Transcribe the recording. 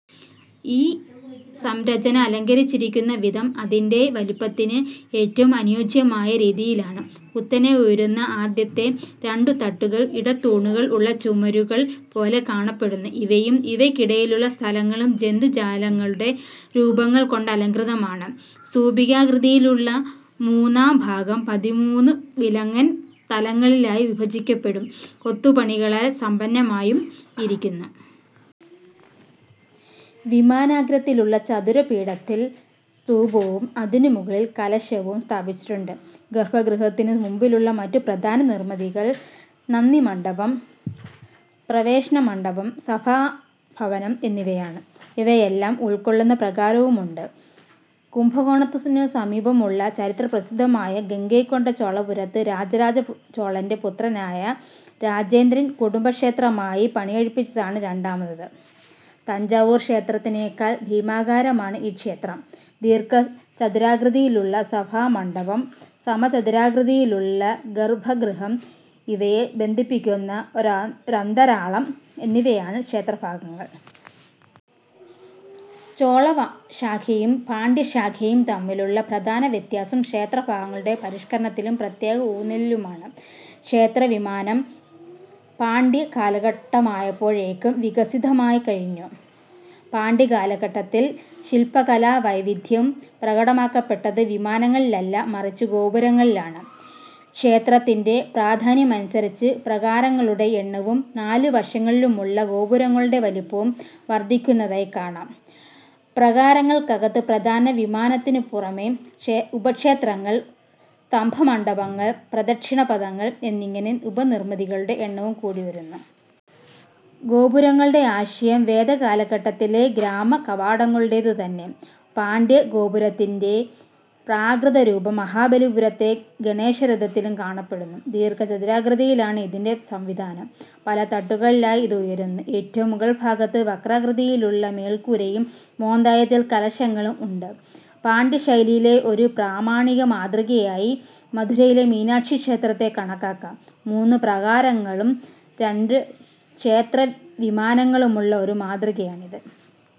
ഈ സംരചന അലങ്കരിച്ചിരിക്കുന്ന വിധം അതിന്റെ വലിപ്പത്തിന് ഏറ്റവും അനുയോജ്യമായ രീതിയിലാണ്. കുത്തനെ ഉയരുന്ന ആദ്യത്തെ രണ്ടു തട്ടുകൾ ഇടത്തൂണുകൾ ഉള്ള ചുമരുകൾ പോലെ കാണപ്പെടുന്നു. ഇവയും ഇവയ്ക്കിടയിലുള്ള സ്ഥലങ്ങളും ജന്തുജാലങ്ങളുടെ രൂപങ്ങൾകൊണ്ടലംകൃതമാണ്. സ്തൂപികാകൃതിയിലുള്ള മുന്നാം ഭാഗം പതിമൂന്നു വിലങ്ങൻ തലങ്ങളിലായിവിഭജിക്കപ്പെട്ടും കൊത്തുപണികളാൽ സമ്പന്നമായും ഇരിക്കുന്നു. വിമാനാഗ്രത്തിലുള്ള ചതുര പീഠത്തിൽ സ്തൂപവും അതിനുമുകളിൽ കലശവും സ്ഥാപിച്ചിട്ടുണ്ട്. ഗർഭഗൃഹത്തിനു മുമ്പിലുള്ള മറ്റുപ്രധാന നിർമിതികൾ നന്ദിമണ്ഡപം, പ്രവേശനമണ്ഡപം, സഭാഭവനം എന്നിവയാണ്; ഇവയെല്ലാം ഉൾക്കൊള്ളുന്ന പ്രാകാരവുമുണ്ട്. കുംഭകോണത്തിനു സമീപമുള്ള ചരിത്രപ്രസിദ്ധമായ ഗംഗൈകൊണ്ടചോളപുരത്ത് രാജരജചോളന്റെ പുത്രനായ രാജേന്ദ്രൻ കുടുംബക്ഷേത്രമായി പണികഴിപ്പിച്ചതാണ് രണ്ടാമത്തേത്. തഞ്ചാവൂർക്ഷേത്രത്തിനെക്കാൾ ഭീമാകരമാണ് ഈ ക്ഷേത്രം. ദീർഘചതുരാകൃതിയിലുള്ള സഭാമണ്ഡപം, സമചതുരാകൃതിയിലുള്ള ഗർഭഗൃഹം ഇവയെ ബന്ധിപ്പിക്കുന്ന ഒരന്തരാളം എന്നിവയാണ് ക്ഷേത്രഭാഗങ്ങൾ. ചോളശാഖയും പാണ്ഡ്യശാഖയും തമ്മിലുള്ള പ്രധാന വ്യത്യാസം ക്ഷേത്രഭാഗങ്ങളുടെ പരിഷ്കരണത്തിലും പ്രത്യേക ഊന്നലിലുമാണ്. ക്ഷേത്രവിമാനം പാണ്ഡ്യ കാലഘട്ടമായപ്പോഴേക്കും വികസിതമായിക്കഴിഞ്ഞു. പാണ്ഡ്യകാലഘട്ടത്തിൽ ശില്പകലാവൈദഗ്ദ്ധ്യം പ്രകടമാക്കപ്പെട്ടത് വിമാനങ്ങളിലല്ല മറിച്ച് ഗോപുരങ്ങളിലാണ്. ക്ഷേത്രത്തിന്റെ പ്രാധാന്യത്തിനനുസരിച്ച് പ്രാകാരങ്ങളുടെ എണ്ണവും നാലുവശങ്ങളിലുമുള്ള ഗോപുരങ്ങളുടെ വലിപ്പവും വർദ്ധിക്കുന്നതായി കാണാം. പ്രാകാരങ്ങൾക്കകത്ത് പ്രധാന വിമാനത്തിനു പുറമെ ഉപക്ഷേത്രങ്ങൾ, സ്തംഭമണ്ഡപങ്ങൾ, പ്രദക്ഷിണപഥങ്ങൾ എന്നിങ്ങനെ ഉപനിർമിതികളുടെ എണ്ണവും കൂടിവരുന്നു. ഗോപുരങ്ങളുടെ ആശയം വേദകാലഘട്ടത്തിലെ ഗ്രാമ കവാടങ്ങളുടേതുതന്നെ. പാണ്ഡ്യകാല ഗോപുരത്തിന്റെ പ്രാകൃതരൂപം മഹാബലിപുരത്തെ ഗണേശരഥത്തിലും കാണപ്പെടുന്നു. ദീർഘചതുരാകൃതിയിലാണ് ഇതിന്റെ സംവിധാനം; പലതട്ടുകളിലായി ഇത് ഉയരുന്നു; ഏറ്റവും മുകൾഭാഗത്ത് വക്രാകൃതിയിലുള്ള മേല്പുരയും മോന്തായത്തിൽ കലശങ്ങളും ഉണ്ട്. പാണ്ഡ്യശൈലിയിലെ ഒരു പ്രാമാണിക മാതൃകയായി മധുരയിലെ മീനാക്ഷീക്ഷേത്രത്തെ കണക്കാക്കാം. മൂന്ന് പ്രാകാരങ്ങളും രണ്ട് ക്ഷേത്രവിമാനങ്ങളുമുള്ള ഒരു മാതൃകയാണിത്.